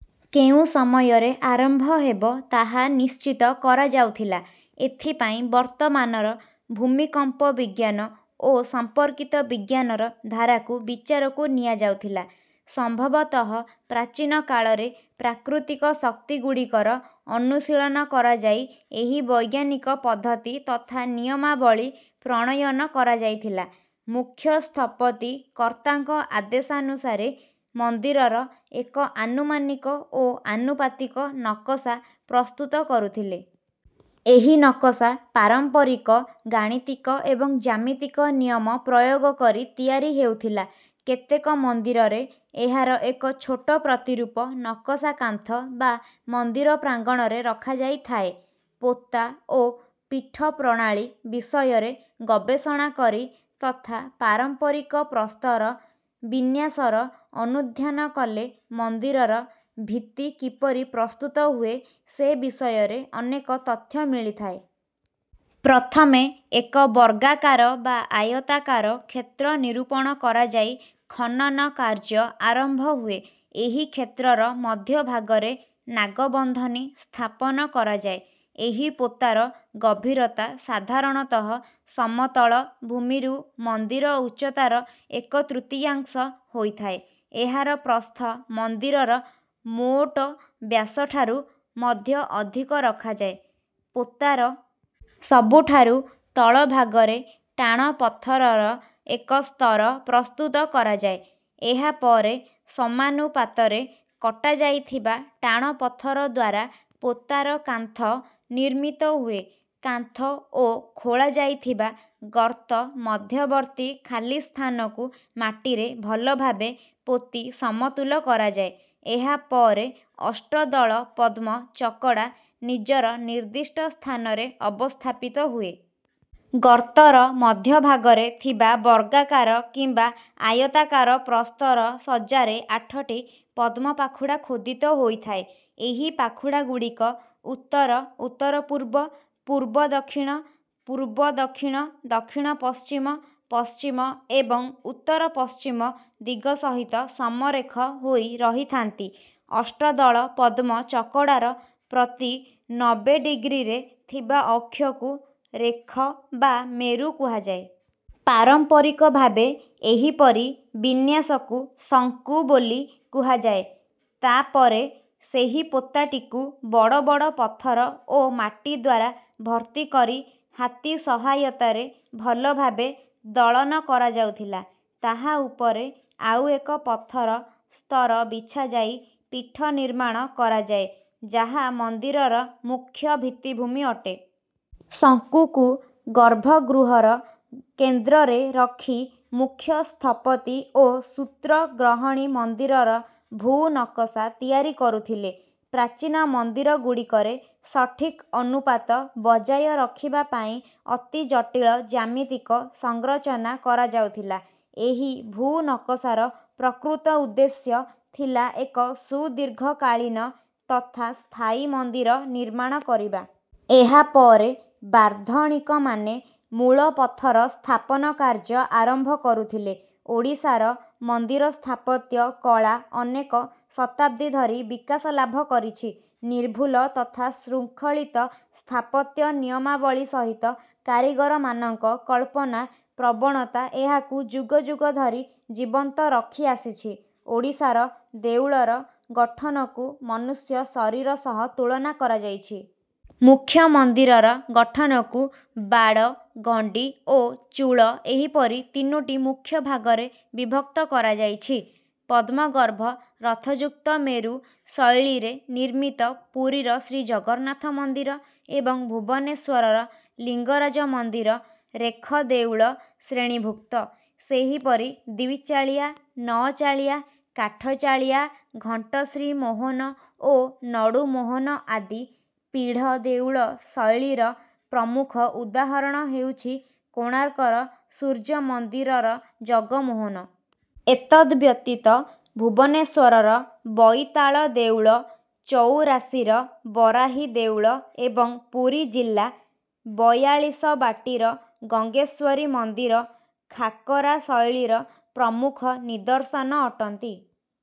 କେଉଁ ସମୟରେ ଆରମ୍ଭ ହେବ ତାହା ନିଶ୍ଚିତ କରାଯାଉଥିଲା। ଏଥିପାଇଁ ବର୍ତ୍ତମାନର ଭୂମିକମ୍ପ ବିଜ୍ଞାନ ଓ ସଂପର୍କିତ ବିଜ୍ଞାନର ଧାରାକୁ ବିଚାରକୁ ନିଆଯାଉଥିଲା। ସମ୍ଭବତଃ ପ୍ରାଚୀନ କାଳରେ ପ୍ରାକୃତିକ ଶକ୍ତିଗୁଡ଼ିକର ଅନୁଶୀଳନ କରାଯାଇ ଏହି ବୈଜ୍ଞାନିକ ପଦ୍ଧତି ତଥା ନିୟମାବଳୀ ପ୍ରଣୟନ କରାଯାଇଥିଲା। ମୁଖ୍ୟ ସ୍ଥପତି କର୍ତ୍ତାଙ୍କ ଆଦେଶାନୁସାରେ ମନ୍ଦିରର ଏକ ଆନୁମାନିକ ଓ ଆନୁପାତିକ ନକସା ପ୍ରସ୍ତୁତ କରୁଥିଲେ। ଏହି ନକସା ପାରମ୍ପରିକ ଗାଣିତିକ ଏବଂ ଜ୍ୟାମିତିକ ନିୟମ ପ୍ରୟୋଗ କରି ତିଆରି ହେଉଥିଲା। କେତେକ ମନ୍ଦିରରେ ଏହାର ଏକ ଛୋଟ ପ୍ରତିରୂପ ନକସା କାନ୍ଥ ବା ମନ୍ଦିର ପ୍ରାଙ୍ଗଣରେ ରଖାଯାଇଥାଏ। ପୋତା ଓ ପୀଠ ପ୍ରଣାଳୀ ବିଷୟରେ ଗବେଷଣା କରି ତଥା ପାରମ୍ପରିକ ପ୍ରସ୍ତର ବିନ୍ୟାସର ଅନୁଧ୍ୟାନ କଲେ ମନ୍ଦିରର ଭିତ୍ତି କିପରି ପ୍ରସ୍ତୁତ ହୁଏ ସେ ବିଷୟରେ ଅନେକ ତଥ୍ୟ ମିଳିଥାଏ। ପ୍ରଥମେ ଏକ ବର୍ଗାକାର ବା ଆୟତାକାର କ୍ଷେତ୍ର ନିରୂପଣ କରାଯାଇ ଖନନ କାର୍ଯ୍ୟ ଆରମ୍ଭ ହୁଏ। ଏହି କ୍ଷେତ୍ରର ମଧ୍ୟଭାଗରେ ନାଗବନ୍ଧନୀ ସ୍ଥାପନ କରାଯାଏ। ଏହି ପୋତାର ଗଭୀରତା ସାଧାରଣତଃ ସମତଳ ଭୂମିରୁ ମନ୍ଦିର ଉଚ୍ଚତାର ଏକ ତୃତୀୟାଂଶ ହୋଇଥାଏ। ଏହାର ପ୍ରସ୍ଥ ମନ୍ଦିରର ମୋଟ ବ୍ୟାସଠାରୁ ମଧ୍ୟ ଅଧିକ ରଖାଯାଏ। ପୋତାର ସବୁଠାରୁ ତଳ ଭାଗରେ ଟାଣ ପଥରର ଏକ ସ୍ତର ପ୍ରସ୍ତୁତ କରାଯାଏ। ଏହାପରେ ସମାନୁପାତରେ କଟାଯାଇଥିବା ଟାଣ ପଥର ଦ୍ୱାରା ପୋତାର କାନ୍ଥ ନିର୍ମିତ ହୁଏ। କାନ୍ଥ ଓ ଖୋଳାଯାଇଥିବା ଗର୍ତ୍ତ ମଧ୍ୟବର୍ତ୍ତୀ ଖାଲି ସ୍ଥାନକୁ ମାଟିରେ ଭଲଭାବେ ପୋତି ସମତୁଲ କରାଯାଏ। ଏହାପରେ ଅଷ୍ଟଦଳ ପଦ୍ମ ଚକଡ଼ା ନିଜର ନିର୍ଦ୍ଦିଷ୍ଟ ସ୍ଥାନରେ ଅବସ୍ଥାପିତ ହୁଏ। ଗର୍ତ୍ତର ମଧ୍ୟଭାଗରେ ଥିବା ବର୍ଗାକାର କିମ୍ବା ଆୟତାକାର ପ୍ରସ୍ତର ସଜ୍ଜାରେ ଆଠଟି ପଦ୍ମ ପାଖୁଡ଼ା ଖୋଦିତ ହୋଇଥାଏ। ଏହି ପାଖୁଡ଼ାଗୁଡ଼ିକ ଉତ୍ତର ଉତ୍ତରପୂର୍ବ ପୂର୍ବ ଦକ୍ଷିଣ ପୂର୍ବ ଦକ୍ଷିଣ ଦକ୍ଷିଣ ପଶ୍ଚିମ ପଶ୍ଚିମ ଏବଂ ଉତ୍ତର ପଶ୍ଚିମ ଦିଗ ସହିତ ସମରେଖ ହୋଇ ରହିଥାନ୍ତି। ଅଷ୍ଟଦଳ ପଦ୍ମ ଚକଡ଼ାର ପ୍ରତି ନବେ ଡିଗ୍ରୀରେ ଥିବା ଅକ୍ଷକୁ ରେଖ ବା ମେରୁ କୁହାଯାଏ। ପାରମ୍ପରିକ ଭାବେ ଏହିପରି ବିନ୍ୟାସକୁ ଶଙ୍କୁ ବୋଲି କୁହାଯାଏ। ତାପରେ ସେହି ପୋତାଟିକୁ ବଡ଼ ବଡ଼ ପଥର ଓ ମାଟି ଦ୍ୱାରା ଭର୍ତ୍ତି କରି ହାତୀ ସହାୟତାରେ ଭଲଭାବେ ଦଳନ କରାଯାଉଥିଲା। ତାହା ଉପରେ ଆଉ ଏକ ପଥର ସ୍ତର ବିଛାଯାଇ ପୀଠ ନିର୍ମାଣ କରାଯାଏ ଯାହା ମନ୍ଦିରର ମୁଖ୍ୟ ଭିତ୍ତିଭୂମି ଅଟେ। ଶଙ୍କୁକୁ ଗର୍ଭଗୃହର କେନ୍ଦ୍ରରେ ରଖି ମୁଖ୍ୟ ସ୍ଥପତି ଓ ସୂତ୍ରଗ୍ରହଣୀ ମନ୍ଦିରର ଭୂ ନକସା ତିଆରି କରୁଥିଲେ। ପ୍ରାଚୀନ ମନ୍ଦିରଗୁଡ଼ିକରେ ସଠିକ୍ ଅନୁପାତ ବଜାୟ ରଖିବା ପାଇଁ ଅତି ଜଟିଳ ଜ୍ୟାମିତିକ ସଂରଚନା କରାଯାଉଥିଲା। ଏହି ଭୂ ନକସାର ପ୍ରକୃତ ଉଦ୍ଦେଶ୍ୟ ଥିଲା ଏକ ସୁଦୀର୍ଘକାଳୀନ ତଥା ସ୍ଥାୟୀ ମନ୍ଦିର ନିର୍ମାଣ କରିବା। ଏହାପରେ ବାର୍ଦ୍ଧଣିକମାନେ ମୂଳ ପଥର ସ୍ଥାପନ କାର୍ଯ୍ୟ ଆରମ୍ଭ କରୁଥିଲେ। ଓଡ଼ିଶାର ମନ୍ଦିର ସ୍ଥାପତ୍ୟ କଳା ଅନେକ ଶତାବ୍ଦୀ ଧରି ବିକାଶ ଲାଭ କରିଛି। ନିର୍ଭୁଲ ତଥା ଶୃଙ୍ଖଳିତ ସ୍ଥାପତ୍ୟ ନିୟମାବଳୀ ସହିତ କାରିଗରମାନଙ୍କ କଳ୍ପନା ପ୍ରବଣତା ଏହାକୁ ଯୁଗ ଯୁଗ ଧରି ଜୀବନ୍ତ ରଖିଆସିଛି। ଓଡ଼ିଶାର ଦେଉଳର ଗଠନକୁ ମନୁଷ୍ୟ ଶରୀର ସହ ତୁଳନା କରାଯାଇଛି। ମୁଖ୍ୟ ମନ୍ଦିରର ଗଠନକୁ ବାଡ଼ ଗଣ୍ଡି ଓ ଚୁଳ ଏହିପରି ତିନୋଟି ମୁଖ୍ୟ ଭାଗରେ ବିଭକ୍ତ କରାଯାଇଛି। ପଦ୍ମଗର୍ଭ ରଥଯୁକ୍ତ ମେରୁ ଶୈଳୀରେ ନିର୍ମିତ ପୁରୀର ଶ୍ରୀଜଗନ୍ନାଥ ମନ୍ଦିର ଏବଂ ଭୁବନେଶ୍ୱରର ଲିଙ୍ଗରାଜ ମନ୍ଦିର ରେଖ ଦେଉଳ ଶ୍ରେଣୀଭୁକ୍ତ। ସେହିପରି ଦ୍ୱିଚାଳିଆ ନଅଚାଳିଆ କାଠଚାଳିଆ ଘଣ୍ଟଶ୍ରୀମୋହନ ଓ ନଡ଼ୁମୋହନ ଆଦି ପୀଢ଼ ଦେଉଳ ଶୈଳୀର ପ୍ରମୁଖ ଉଦାହରଣ ହେଉଛି କୋଣାର୍କର ସୂର୍ଯ୍ୟ ମନ୍ଦିରର ଜଗମୋହନ। ଏତଦ୍ ବ୍ୟତୀତ ଭୁବନେଶ୍ୱରର ବଇତାଳ ଦେଉଳ ଚଉରାଶିର ବରାହୀ ଦେଉଳ ଏବଂ ପୁରୀ ଜିଲ୍ଲା ବୟାଳିଶବାଟିର ଗଙ୍ଗେଶ୍ୱରୀ ମନ୍ଦିର ଖାକରା ଶୈଳୀର ପ୍ରମୁଖ ନିଦର୍ଶନ ଅଟନ୍ତି।